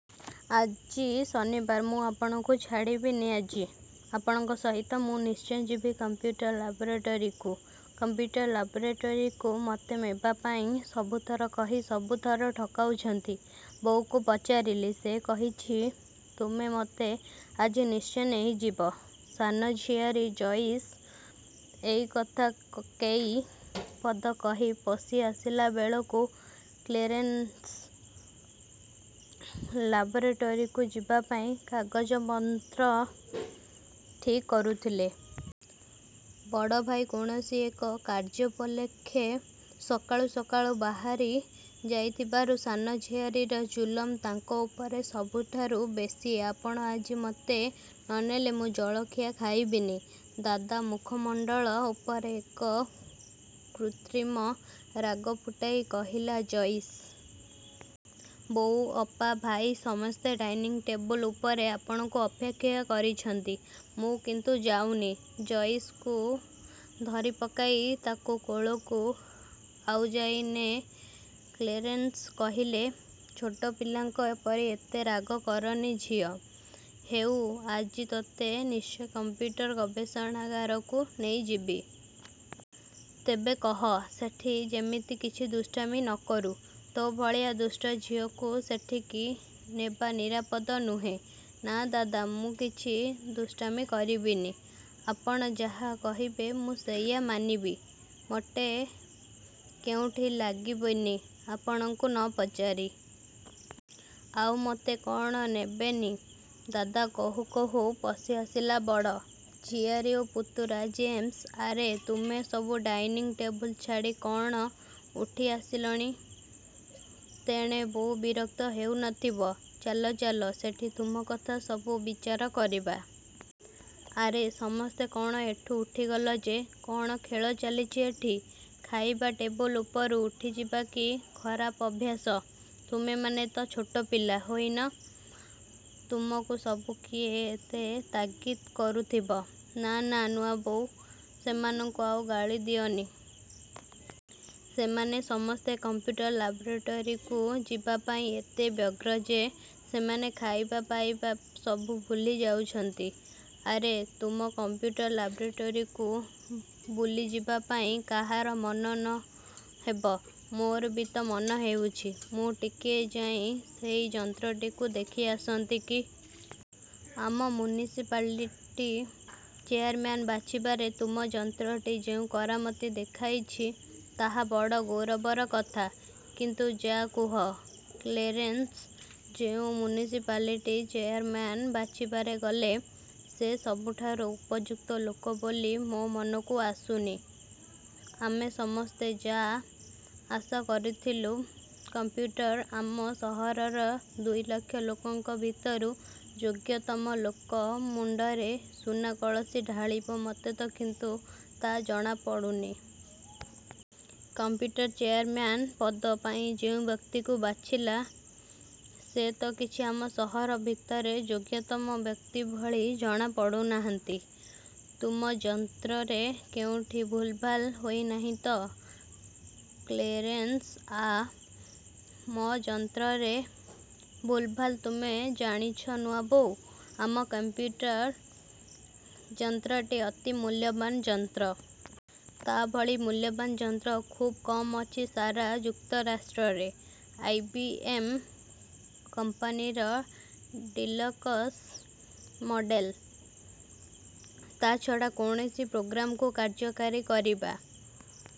ଆଜି ଶନିବାର, ମୁଁ ଆପଣଙ୍କୁ ଛାଡ଼ିବିନି ଆଜି। ଆପଣଙ୍କ ସହିତ ମୁଁ ନିଶ୍ଚେ ଯିବି କଂପ୍ୟୁଟର ଲାବ୍ରେଟରୀକୁ। କଂପ୍ୟୁଟର ଲାବ୍ରେଟରୀକୁ ମୋତେ ମେବା ପାଇଁ ସବୁ ଥର କହି ସବୁ ଥର ଠକାଉଛନ୍ତି। ବୋଉକୁ ପଚାରିଲି, ସେ କହିଛି, ତୁମେ ମୋତେ ଆଜିନିଶ୍ଚେ ନେଇଯିବ। ସାନ ଝିଆରୀ ଜୟିସ୍ ଏଇ କଥା କେଇ ପଦ କହି ପଶି ଆସିଲାବେଳେକୁ କ୍ଳେରେନସ୍ ଲାବ୍ରେଟରୀକୁ ଯିବାପାଇଁ କାଗଜପନ୍ତ୍ର ଠିକ୍ କରୁଥିଲେ। ବଡ଼ ଭାଇ କୌଣସି ଏକ କାର୍ଯ୍ୟୋପଲକ୍ଷେ ସକାଳୁ ସକାଳୁ ବାହାରି ଯାଇଥିବାରୁ ସାନ ଝିଆରୀର ଜୁଲମ ତାଙ୍କ ଉପରେ ସବୁଠାରୁ ବେଶୀ ଆପଣ ଆଜି ମୋତେ ନ ନେଲେ ମୁଁ ଜଳଖିଆ ଖାଇବିନି ଦାଦା ମୁଖମଣ୍ଡଳ ଉପରେ ଏଖ କୃତ୍ରିମ ରାଗ ଫୁଟାଇ କହିଲା ଜୟିସ୍। ବୋଉ, ଅପା, ଭାଇ, ସମସ୍ତେ ଡାଇନିଂ ଟେବୁଲ୍ ଉପରେ ଆପଣଙ୍କୁ ଅପେକ୍ଷା କରିଛନ୍ତି, ମୁଁ କିନ୍ତୁ ଯାଉନି। ଜୟିସ୍ କୁ ଧରିପକାଇ ତାକୁ କୋଳକୁ ଆଉଯାଇ ନେ କ୍ଳେରେନସ୍ କହିଲେ, ଛୋଟ ପିଲାଙ୍କ ପରି ଏତେ ରାଗ କରନି ଝିଅ। ହେଉ, ଆଜି ତୋତେ ନିଶ୍ଚେ କଂପ୍ୟୁଟର ଗବେଷଣାଗାରକୁ ନେଇଯିବି। ତେବେ କହ, ସେଠି ଯେମିତି କିଛି ଦୁଷ୍ଟାମି ନ କରୁ। ତୋ ଭଳିଆ ଦୁଷ୍ଟ ଝିଅକୁ ସେଠିକି ନେବାନିରାପଦ ନୁହେଁ। 'ନା, ଦାଦା, ମୁଁ କିଛି ଦୁଷ୍ଟାମି କରିବିନି। ଆପଣ ଯାହା କହିବେ, ମୁଁ ସେଇଆ ମାନିବି। ମୋ ଟେ କେଉଁଠି ଲାଗିବିନି, ଆପଣଙ୍କୁ ନ ପଚାରି। ଆଉ ମୋତେ କ'ଣ ନେବେନି, ଦାଦା' କହୁ କହୁ ପଶି ଆସିଲା ବଡ଼। ଝିଆରୀ ଓ ପୁତୁରା ଜେମସ୍। 'ଆରେ, ତୁମେ ସବୁ ଡାଇନିଂ ଟେବୁଲ ଛାଡ଼ି କ'ଣ ଉଠି ଆସିଲାଣି। ତେଣେ ବୋଉ ବିରକ୍ତ ହେଉ ନ ଥିବ? ଚାଲ ଚାଲ, ସେଠି ତୁମ କଥା ସବୁ ବିଚାର କରିବା। ଆରେ ସମସ୍ତେ କ'ଣ ଏଠୁ ଉଠିଗଲ ଯେ? କ'ଣ ଖେଳ ଲାଗିଛି ଏଠି? ଖାଇବା ଟେବୁଲ ଉପରୁ ଉଠିଯିବା କି ଖରାପ ଅଭ୍ୟାସ। ତୁମେମାନେ ତ ଛୋଟ ପିଲା ହୋଇନ। ତୁମକୁ ସବୁ କିଏ ଏତେ ତାଗିତ କରୁଥିବ। ନା, ନା, ନୂଆବୋଉ, ସେମାନଙ୍କୁ ଆଉ ଗାଳି ଦିଅନି। ସେମାନେ ସମସ୍ତେ କଂପ୍ୟୁଟର ଲାବ୍ରୋଟରୀକୁ ଯିବା ପାଇଁ ଏତେ ବ୍ୟଗ୍ର ଯେ, ସେମାନେ ଖାଇବା ପାଇବା ସବୁ ଭୁଲି ଯାଉଛନ୍ତି-। ଆରେ, ତୁମ କଂପ୍ୟୁଟର ଲାବ୍ରୋଟରୀକୁ ବୁଲିଯିବା ପାଇଁ କାହାର ମନ ନ ହେବ? ମୋର ବି ତ ମନ ହେଉଛି, ମୁଁ ଟିକିଏ ଯାଇଁ ସେଇ ଯନ୍ତ୍ରଟିକୁ ଦେଖି ଆସନ୍ତି କି? ଆମ ମ୍ୟୁନିସିପାଲିଟି ଚେୟାରମ୍ୟାନ୍ ବାଛିବାରେ ତୁମ ଯନ୍ତ୍ରଟି ଯେଉଁ କରାମିତ ଦେଖାଇଛି, ତାହା ବଡ଼ ଗୌରବର କଥା। କିନ୍ତୁ ଯା' କୁହ କ୍ଳେରେନ୍ସ, ଯେଉଁ ମ୍ୟୁନିସିପାଲିଟି ଚେୟାରମ୍ୟାନ୍ ବାଛିବାରେ ଗଲେ, ସେ ସବୁଠାରୁ ଉପଯୁକ୍ତ ଲୋକ ବୋଲି ମୋ ମନକୁ ଆସୁନି। ଆମେ ସମସ୍ତେ ଯା' ଆଶା କରୁଥିଲୁ କଂପ୍ୟୁଟର ଆମ ସହରର ଦୁଇଲକ୍ଷ ଲୋକଙ୍କ ଭିତରୁ ଯୋଗ୍ୟତମ ଲୋକ ମୁଣ୍ଡରେ ସୁନା କଳସି ଢାଳିବ ମୋତେ ତ କିନ୍ତୁ ତା ଜଣା ପଡ଼ୁନି। କଂପ୍ୟୁଟର ଚେୟାରମ୍ୟାନ୍ ପଦ ପାଇଁ ଯେଉଁ ବ୍ୟକ୍ତିକୁ ବାଛିଲା, ସେ ତ କିଛି ଆମ ସହର ଭିତରେ ଯୋଗ୍ୟତମ ବ୍ୟକ୍ତି ଭଳି ଜଣା ପଡ଼ୁନାହାଁନ୍ତି। ତୁମ ଯନ୍ତ୍ରରେ କେଉଁଠି ଭୁଲଭାଲ ହୋଇ ନାହିଁ ତ କ୍ଳେରେନସ୍ଆ ମ ଯନ୍ତ୍ରରେ ଭୁଲ୍ ଭାଲ୍ ତୁମେ ଜାଣିଛ ନୂଆବୋଉ, ଆମ କଂପ୍ୟୁଟର ଯନ୍ତ୍ରଟି ଅତି ମୂଲ୍ୟବାନ ଯନ୍ତ୍ର। ତା ଭଳି ମୂଲ୍ୟବାନ ଯନ୍ତ୍ର ଖୁବ୍ କମ ଅଛି ସାରା ଯୁକ୍ତରାଷ୍ଟ୍ରରେ। ଆଇ. ବି. ଏମ୍ କମ୍ପାନୀର ଡିଲକସ୍ ମଡେଲ। ତା'ଛଡ଼ା କୌଣସି ପ୍ରୋଗ୍ରାମକୁ କାର୍ଯ୍ୟକାରୀ କରିବା